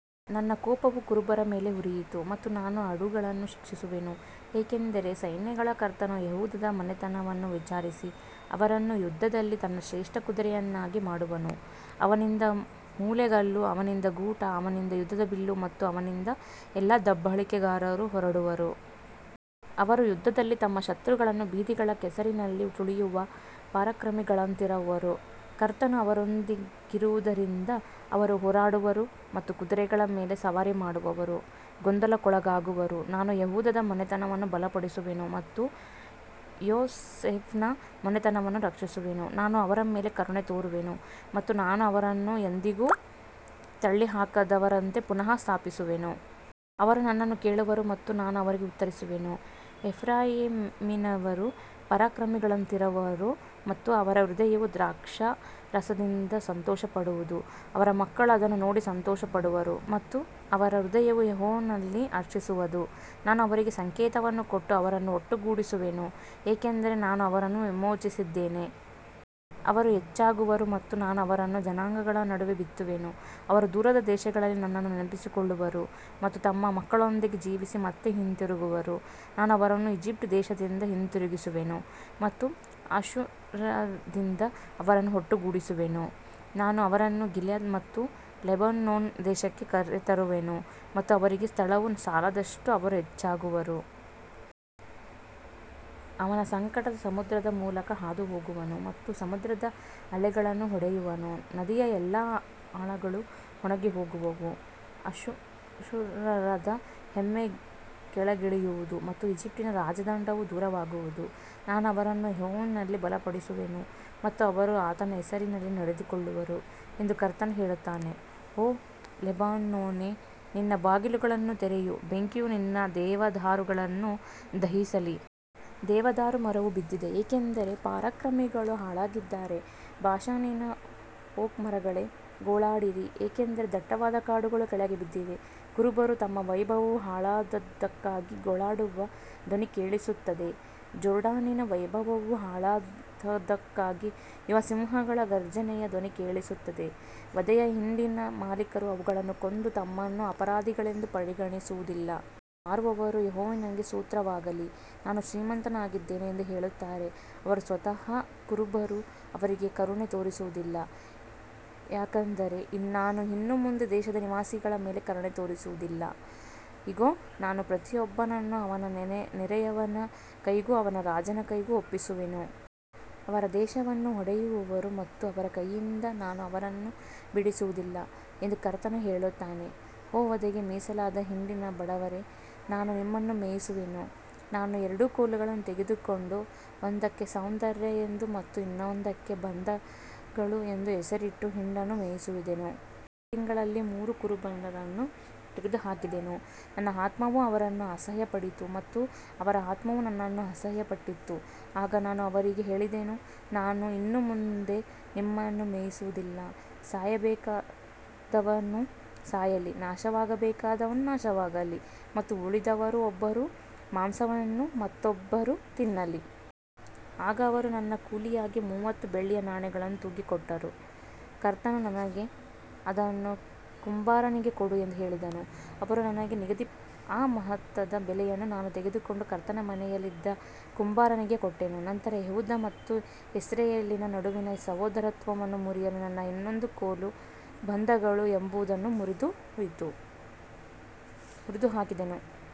ನನ್ನ ಕೋಪವು ಕುರುಬರ ಮೇಲೆ ಉರಿಯಿತು ಮತ್ತು ನಾನು ಆಡುಗಳನ್ನು ಶಿಕ್ಷಿಸುವೆನು, ಏಕೆಂದರೆ ಸೈನ್ಯಗಳ ಕರ್ತನು ಯೆಹೂದದ ಮನೆತನವನ್ನು ವಿಚಾರಿಸಿ ಅವರನ್ನು ಯುದ್ಧದಲ್ಲಿ ತನ್ನ ಶ್ರೇಷ್ಠ ಕುದುರೆಯನ್ನಾಗಿ ಮಾಡುವನು. ಅವನಿಂದ ಮೂಲೆಗಲ್ಲು, ಅವನಿಂದ ಗೂಟ, ಅವನಿಂದ ಯುದ್ಧದ ಬಿಲ್ಲು ಮತ್ತು ಅವನಿಂದ ಎಲ್ಲಾ ದಬ್ಬಾಳಿಕೆಗಾರರು ಹೊರಡುವರು. ಅವರು ಯುದ್ಧದಲ್ಲಿ ತಮ್ಮ ಶತ್ರುಗಳನ್ನು ಬೀದಿಗಳ ಕೆಸರಿನಲ್ಲಿ ತುಳಿಯುವ ಪರಾಕ್ರಮಿಗಳಂತಿರುವರು. ಕರ್ತನು ಅವರೊಂದಿಗಿರುವುದರಿಂದ ಅವರು ಹೋರಾಡುವರು ಮತ್ತು ಕುದುರೆಗಳ ಮೇಲೆ ಸವಾರಿ ಮಾಡುವವರು ಗೊಂದಲಕ್ಕೊಳಗಾಗುವರು. ನಾನು ಯೆಹೂದದ ಮನೆತನವನ್ನು ಬಲಪಡಿಸುವೆನು ಮತ್ತು ಯೋಸೇಫನ ಮನೆತನವನ್ನು ರಕ್ಷಿಸುವೆನು. ನಾನು ಅವರ ಮೇಲೆ ಕರುಣೆ ತೋರುವೆನು ಮತ್ತು ನಾನು ಅವರನ್ನು ಎಂದಿಗೂ ತಳ್ಳಿಹಾಕದವರಂತೆ ಪುನಃ ಸ್ಥಾಪಿಸುವೆನು. ಅವರು ನನ್ನನ್ನು ಕೇಳುವರು ಮತ್ತು ನಾನು ಅವರಿಗೆ ಉತ್ತರಿಸುವೆನು. ಎಫ್ರಾಯೀಮಿನವರು ಪರಾಕ್ರಮಿಗಳಂತಿರುವರು ಮತ್ತು ಅವರ ಹೃದಯವು ದ್ರಾಕ್ಷಾರಸದಿಂದ ಸಂತೋಷಪಡುವದು. ಅವರ ಮಕ್ಕಳು ಅದನ್ನು ನೋಡಿ ಸಂತೋಷಪಡುವರು ಮತ್ತು ಅವರ ಹೃದಯವು ಯೆಹೋವನಲ್ಲಿ ಹರ್ಷಿಸುವದು. ನಾನು ಅವರಿಗೆ ಸಂಕೇತವನ್ನು ಕೊಟ್ಟು ಅವರನ್ನು ಒಟ್ಟುಗೂಡಿಸುವೆನು, ಏಕೆಂದರೆ ನಾನು ಅವರನ್ನು ವಿಮೋಚಿಸಿದ್ದೇನೆ. ಅವರು ಹೆಚ್ಚಾಗುವರು ಮತ್ತು ನಾನು ಅವರನ್ನು ಜನಾಂಗಗಳ ನಡುವೆ ಬಿತ್ತುವೆನು. ಅವರು ದೂರದ ದೇಶಗಳಲ್ಲಿ ನನ್ನನ್ನು ನೆನಪಿಸಿಕೊಳ್ಳುವರು ಮತ್ತು ತಮ್ಮ ಮಕ್ಕಳೊಂದಿಗೆ ಜೀವಿಸಿ ಮತ್ತೆ ಹಿಂದಿರುಗುವರು. ನಾನು ಅವರನ್ನು ಈಜಿಪ್ಟ್ ದೇಶದಿಂದ ಹಿಂದಿರುಗಿಸುವೆನು ಮತ್ತು ಅಶ್ಶೂರದಿಂದ ಅವರನ್ನು ಒಟ್ಟುಗೂಡಿಸುವೆನು. ನಾನು ಅವರನ್ನು ಗಿಲ್ಯಾದ್ ಮತ್ತು ಲೆಬನೋನ್ ದೇಶಕ್ಕೆ ಕರೆತರುವೆನು ಮತ್ತು ಅವರಿಗೆ ಸ್ಥಳವು ಸಾಲದಷ್ಟು ಅವರು ಹೆಚ್ಚಾಗುವರು. ಅವನು ಸಂಕಟದ ಸಮುದ್ರದ ಮೂಲಕ ಹಾದುಹೋಗುವನು ಮತ್ತು ಸಮುದ್ರದ ಅಲೆಗಳನ್ನು ಹೊಡೆಯುವನು. ನದಿಯ ಎಲ್ಲಾ ಆಳಗಳು ಒಣಗಿಹೋಗುವವು. ಅಶ್ಶೂರದ ಹೆಮ್ಮೆ ಕೆಳಗಿಳಿಯುವುದು ಮತ್ತು ಈಜಿಪ್ಟಿನ ರಾಜದಂಡವು ದೂರವಾಗುವುದು. ನಾನು ಅವರನ್ನು ಯೆಹೋವನಲ್ಲಿ ಬಲಪಡಿಸುವೆನು ಮತ್ತು ಅವರು ಆತನ ಹೆಸರಿನಲ್ಲಿ ನಡೆದುಕೊಳ್ಳುವರು ಎಂದು ಕರ್ತನು ಹೇಳುತ್ತಾನೆ. ಓ ಲೆಬನೋನೇ, ನಿನ್ನ ಬಾಗಿಲುಗಳನ್ನು ತೆರೆಯು, ಬೆಂಕಿಯು ನಿನ್ನ ದೇವದಾರುಗಳನ್ನು ದಹಿಸಲಿ. ದೇವದಾರು ಮರವು ಬಿದ್ದಿದೆ, ಏಕೆಂದರೆ ಪರಾಕ್ರಮಿಗಳು ಹಾಳಾಗಿದ್ದಾರೆ. ಬಾಷಾನಿನ ಓಕ್ ಮರಗಳೇ, ಗೋಳಾಡಿರಿ, ಏಕೆಂದರೆ ದಟ್ಟವಾದ ಕಾಡುಗಳು ಕೆಳಗೆ ಬಿದ್ದಿವೆ. ಕುರುಬರು ತಮ್ಮ ವೈಭವವು ಹಾಳಾದದ್ದಕ್ಕಾಗಿ ಗೋಳಾಡುವ ಧ್ವನಿ ಕೇಳಿಸುತ್ತದೆ. ಜೋರ್ಡಾನಿನ ವೈಭವವು ಹಾಳಾದದ್ದಕ್ಕಾಗಿ ಯುವ ಸಿಂಹಗಳ ಗರ್ಜನೆಯ ಧ್ವನಿ ಕೇಳಿಸುತ್ತದೆ. ವಧೆಯ ಹಿಂಡಿನ ಮಾಲೀಕರು ಅವುಗಳನ್ನು ಕೊಂದು ತಮ್ಮನ್ನು ಅಪರಾಧಿಗಳೆಂದು ಪರಿಗಣಿಸುವುದಿಲ್ಲ. ಅವುಗಳನ್ನು ಮಾರುವವರು, ಯೆಹೋವನಿಗೆ ಸ್ತೋತ್ರವಾಗಲಿ, ನಾನು ಶ್ರೀಮಂತನಾಗಿದ್ದೇನೆ ಎಂದು ಹೇಳುತ್ತಾರೆ. ಅವರ ಸ್ವಂತ ಕುರುಬರು ಅವರಿಗೆ ಕರುಣೆ ತೋರಿಸುವುದಿಲ್ಲ. ಯಾಕಂದರೆ ನಾನು ಇನ್ನು ಮುಂದೆ ದೇಶದ ನಿವಾಸಿಗಳ ಮೇಲೆ ಕರುಣೆ ತೋರಿಸುವುದಿಲ್ಲ. ಇಗೋ, ನಾನು ಪ್ರತಿಯೊಬ್ಬನನ್ನೂ ಅವನ ನೆರೆಯವನ ಕೈಗೂ ಅವನ ರಾಜನ ಕೈಗೂ ಒಪ್ಪಿಸುವೆನು. ಅವರು ದೇಶವನ್ನು ಹೊಡೆಯುವರು ಮತ್ತು ಅವರ ಕೈಯಿಂದ ನಾನು ಅವರನ್ನು ಬಿಡಿಸುವುದಿಲ್ಲ ಎಂದು ಕರ್ತನು ಹೇಳುತ್ತಾನೆ. ಓ ವಧೆಗೆ ಮೀಸಲಾದ ಹಿಂಡಿನ ಬಡವರೇ, ನಾನು ನಿಮ್ಮನ್ನು ಮೇಯಿಸುವೆನು. ನಾನು ಎರಡು ಕೋಲುಗಳನ್ನು ತೆಗೆದುಕೊಂಡು ಒಂದಕ್ಕೆ ಸೌಂದರ್ಯ ಎಂದು ಮತ್ತು ಇನ್ನೊಂದಕ್ಕೆ ಬಂಧಗಳು ಎಂದು ಹೆಸರಿಟ್ಟು ಹಿಂಡನ್ನು ಮೇಯಿಸಿದೆನು. ನಾನು ಒಂದೇ ತಿಂಗಳಲ್ಲಿ ಮೂರು ಕುರುಬರನ್ನು ತೆಗೆದುಹಾಕಿದೆನು. ನನ್ನ ಆತ್ಮವು ಅವರನ್ನು ಅಸಹ್ಯಪಡಿತು ಮತ್ತು ಅವರ ಆತ್ಮವೂ ನನ್ನನ್ನು ಅಸಹ್ಯಪಟ್ಟಿತು. ಆಗ ನಾನು ಅವರಿಗೆ ಹೇಳಿದೆನು, ನಾನು ಇನ್ನು ಮುಂದೆ ನಿಮ್ಮನ್ನು ಮೇಯಿಸುವುದಿಲ್ಲ. ಸಾಯಬೇಕಾದವನು ಸಾಯಲಿ, ನಾಶವಾಗಬೇಕಾದವನು ನಾಶವಾಗಲಿ ಮತ್ತು ಉಳಿದವರು ಒಬ್ಬರ ಮಾಂಸವನ್ನು ಮತ್ತೊಬ್ಬರು ತಿನ್ನಲಿ. ಆಗ ಅವರು ನನ್ನ ಕೂಲಿಯಾಗಿ ಮೂವತ್ತು ಬೆಳ್ಳಿಯ ನಾಣ್ಯಗಳನ್ನು ತೂಗಿ ಕೊಟ್ಟರು. ಕರ್ತನು ನನಗೆ, ಅದನ್ನು ಕುಂಬಾರನಿಗೆ ಕೊಡು ಎಂದು ಹೇಳಿದನು. ಅವರು ನನಗೆ ನಿಗದಿಪಡಿಸಿದ ಆ ಮಹತ್ತಾದ ಬೆಲೆಯನ್ನು ನಾನು ತೆಗೆದುಕೊಂಡು ಕರ್ತನ ಮನೆಯಲ್ಲಿದ್ದ ಕುಂಬಾರನಿಗೆ ಕೊಟ್ಟೆನು. ನಂತರ ಯೆಹೂದ ಮತ್ತು ಇಸ್ರಾಯೇಲಿನ ನಡುವಿನ ಸಹೋದರತ್ವವನ್ನು ಮುರಿಯಲು ನನ್ನ ಇನ್ನೊಂದು ಕೋಲು, ಬಂಧಗಳು ಎಂಬುದನ್ನೂ ಮುರಿದುಹಾಕಿದೆನು.